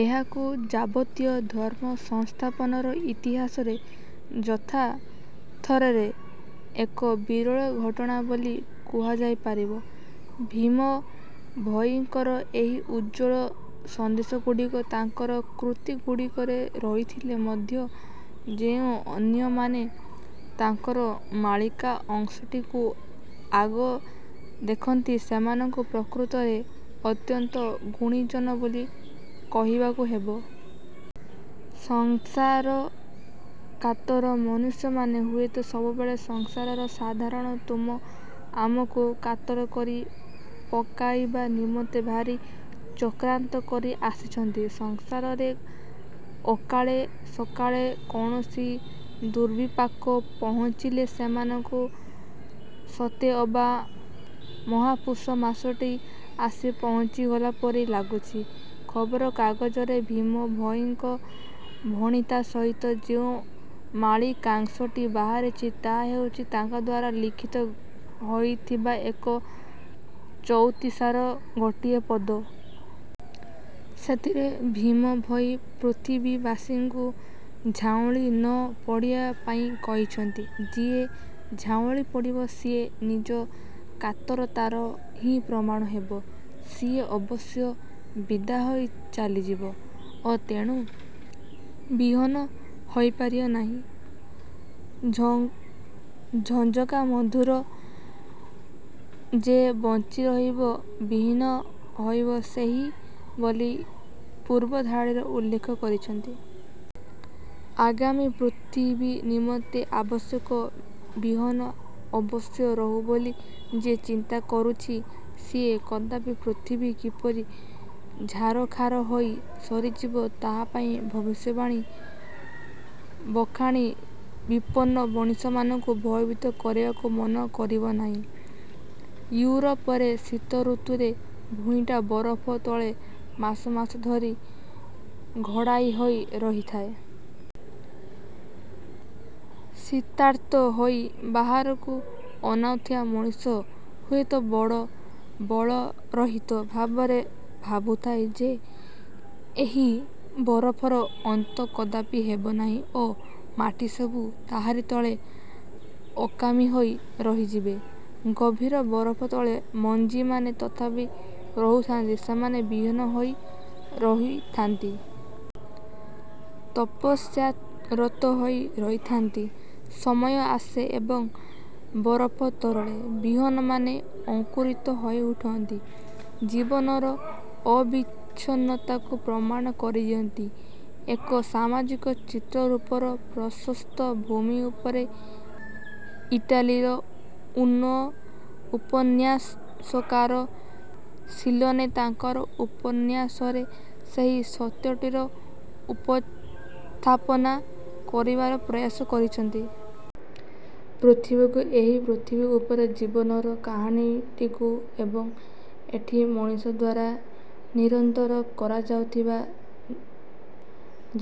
ଏହାକୁ ଯାବତୀୟ ଧର୍ମସଂସ୍ଥାପନର ଇତିହାସରେ ଯଥାର୍ଥରେ ଏକ ବିରଳ ଘଟଣା ବୋଲି କୁହାଯାଇପାରିବ। ଭୀମ ଭୋଇଙ୍କର ଏହି ଉଜ୍ଜ୍ୱଳ ସନ୍ଦେଶଗୁଡ଼ିକ ତାଙ୍କର କୃତିଗୁଡ଼ିକରେ ରହିଥିଲେ ମଧ୍ୟ ଯେଉଁ ଅନ୍ୟମନାମାନେ ତାଙ୍କର ମାଳିକା ଅଂଶଟିକୁ ଆଗ ଦେଖନ୍ତି, ସେମାନଙ୍କୁ ପ୍ରକୃତରେ ଅତ୍ୟନ୍ତ ଗୁଣୀଜନ ବୋଲି କହିବାକୁ ହେବ। ସଂସାରକାତର ମନୁଷ୍ୟମାନେ ହୁଏତ ସବୁକାଳେ ସଂସାରର ସାଧାରଣ ତୁମ ଆମଙ୍କୁ କାତର କରି ପକାଇବା ନିମନ୍ତେ ଭାରି ଚକ୍ରାନ୍ତ କରି ଆସିଛନ୍ତି। ସଂସାରରେ ଅକାଳେ ସକାଳେ କୌଣସି ଦୁର୍ବିପାକ ପହଞ୍ଚିଲେ ସେମାନଙ୍କୁ ସତେଅବା ମହାପୁଷମାସଟିଏ ଆସି ପହଞ୍ଚିଗଲା ପରି ଲାଗୁଛି। ଖବରକାଗଜରେ ଭୀମ ଭୋଇଙ୍କର ଭଣିତା ସହିତ ଯେଉଁ ମାଳିକାଂଶଟି ବାହାରିଛି, ତାହା ହେଉଛି ତାଙ୍କଦ୍ଵାରା ଲିଖିତ ହୋଇଥିବା ଏକ ଚଉତିଶାର ଗୋଟିଏ ପଦ। ସେଥିରେ ଭୀମ ଭୋଇ ପୃଥ୍ୱୀବାସୀଙ୍କୁ ଝାଉଁଳି ନ ପଡ଼ିବା ପାଇଁ କହିଛନ୍ତି। ଯିଏ ଝାଉଁଳି ପଡ଼ିବ, ସିଏ ନିଜ କାତରତାର ହିଁ ପ୍ରମାଣ ହେବ। ସିଏ ଅବଶ୍ୟ ବିଦା ହୋଇ ଚାଲିଯିବ ଓ ତେଣୁ ବିହନ ହୋଇପାରିବ ନାହିଁ। 'ଝଞ୍ଜକା ମଧ୍ୟରୁ ଯେ ବଞ୍ଚି ରହିବ, ବିହନ ହୋଇବ ସେହି' ବୋଲି ପୂର୍ବଧାଡ଼ିରେ ଉଲ୍ଲେଖ କରିଛନ୍ତି। ଆଗାମୀ ପୃଥିବୀ ନିମନ୍ତେ ଆବଶ୍ୟକ ବିହନ ଅବଶ୍ୟ ରହୁ ବୋଲି ଯିଏ ଚିନ୍ତା କରୁଛି, ସିଏ କଦାପି ପୃଥିବୀ କିପରି ଛାରଖାର ହୋଇ ସରିଯିବ, ତାହାପାଇଁ ଭବିଷ୍ୟବାଣୀ ବଖାଣି ବିପନ୍ନ ମଣିଷମାନଙ୍କୁ ଭୟଭୀତ କରାଇବାକୁ ମନ କରିବ ନାହିଁ। ୟୁରୋପରେ ଶୀତଋତୁରେ ଭୂଇଁଟା ବରଫ ତଳେ ମାସ ମାସ ଧରି ଘୋଡ଼ାଇ ହୋଇ ରହିଥାଏ। ଶୀତାର୍ତ୍ତ ହୋଇ ବାହାରକୁ ଅନାଉଥିବା ମଣିଷ ହୁଏତ ବଡ଼ ବଳରହିତ ଭାବରେ ଭାବୁଥାଏ ଯେ, ଏହି ବରଫର ଅନ୍ତ କଦାପି ହେବନାହିଁ ଓ ମାଟିସବୁ ତାହାରି ତଳେ ଅକାମୀ ହୋଇ ରହିଯିବେ। ଗଭୀର ବରଫ ତଳେ ମଞ୍ଜିମାନେ ତଥାପି ରହିଥାନ୍ତି, ସେମାନେ ବିହନ ହୋଇ ରହିଥାଆନ୍ତି। ତପସ୍ୟାରତ ହୋଇ ରହିଥାନ୍ତି। ସମୟ ଆସେ ଏବଂ ବରଫ ତରଳେ। ବିହନମାନେ ଅଙ୍କୁରିତ ହୋଇ ଉଠନ୍ତି। ଜୀବନର ଅବିଛିନ୍ନତାକୁ ପ୍ରମାଣ କରିଦିଅନ୍ତି। ଏକ ସାମାଜିକ ଚିତ୍ରରୂପର ପ୍ରଶସ୍ତ ଭୂମି ଉପରେ ଇଟାଲୀର ଉପନ୍ୟାସକାର ସିଲୋନେ ତାଙ୍କର ଉପନ୍ୟାସରେ ସେହି ସତ୍ୟଟିର ଉପସ୍ଥାପନା କରିବାର ପ୍ରୟାସ କରିଛନ୍ତି। ପୃଥିବୀକୁ, ଏହି ପୃଥିବୀ ଉପରେ ଜୀବନର କାହାଣୀଟିକୁ ଏବଂ ଏଠି ମଣିଷ ଦ୍ଵାରା ନିରନ୍ତର କରାଯାଉଥିବା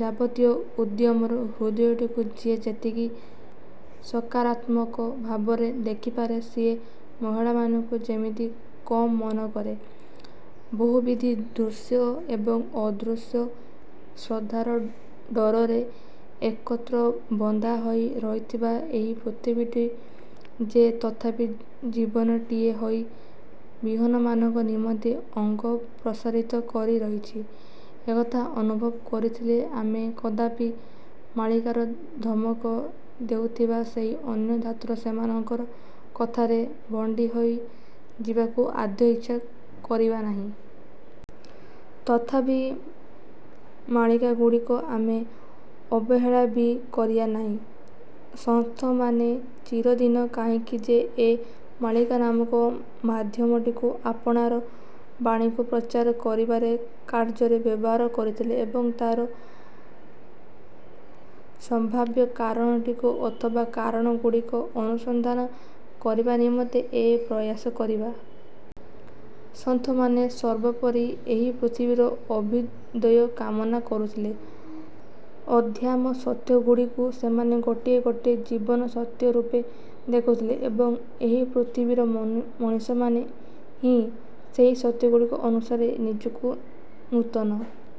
ଯାବତୀୟ ଉଦ୍ୟମର ହୃଦୟଟିକୁ ଯିଏ ଯେତିକି ସକାରାତ୍ମକ ଭାବରେ ଦେଖିପାରେ, ସିଏ ମାଳିକାମାନଙ୍କୁ ସେତିକି କମ୍ ମନ କରେ। ବହୁବିଧ ଦୃଶ୍ୟ ଏବଂ ଅଦୃଶ୍ୟ ଶ୍ରଦ୍ଧାର ଡୋରରେ ଏକତ୍ର ବନ୍ଧାହୋଇ ରହିଥିବା ଏହି ପୃଥିବୀଟି ଯେ ତଥାପି ଜନନୀଟିଏ ହୋଇ ବିହନମାନଙ୍କ ନିମନ୍ତେ ଅଙ୍କ ପ୍ରସାରିତ କରି ରଖିଛି, ଏକଥା ଅନୁଭବ କରୁଥିଲେ ଆମେ କଦାପି ମାଳିକାର ଧମକ ଦେଉଥିବା ସେହି ଅନ୍ୟ ଧାତୁର ସେମାନଙ୍କର କଥାରେ ଭଣ୍ଡିହୋଇ ଯିବାକୁ ଆଦୌ ଇଚ୍ଛା କରିବା ନାହିଁ। ତଥାପି ମାଳିକାଗୁଡ଼ିକୁ ଆମେ ଅବହେଳା ବି କରିବା ନାହିଁ। ସନ୍ଥମାନେ ଚିରଦିନ କାହିଁକି ଯେ ଏହି ମାଳିକା ନାମକ ମାଧ୍ୟମଟିକୁ ଆପଣାର ବାଣୀକୁ ପ୍ରଚାର କରିବାର କାର୍ଯ୍ୟରେ ବ୍ୟବହାର କରିଥିଲେ, ଆମେ ବରଂ ତାହାର ସମ୍ଭାବ୍ୟ କାରଣଟିକୁ ଅଥବା କାରଣଗୁଡ଼ିକୁ ଅନୁସନ୍ଧାନ କରିବା ନିମନ୍ତେ ଏକ ପ୍ରୟାସ କରିବା। ସନ୍ଥମାନେ ସର୍ବୋପରି ଏହି ପୃଥିବୀର ଅଭ୍ୟୁଦୟ କାମନା କରୁଥିଲେ। ଅଧ୍ୟାତ୍ମ ସତ୍ୟଗୁଡ଼ିକୁ ସେମାନେ ଗୋଟିଏ ଗୋଟିଏ ଜୀବନ-ସତ୍ୟ ରୂପେ ଦେଖୁଥିଲେ। ଏବଂ, ଏହି ପୃଥିବୀର ମଣିଷମାନେ ହିଁ ସେହି ସତ୍ୟଗୁଡ଼ିକ ଅନୁସାରେ ନିଜକୁ ନୂତନ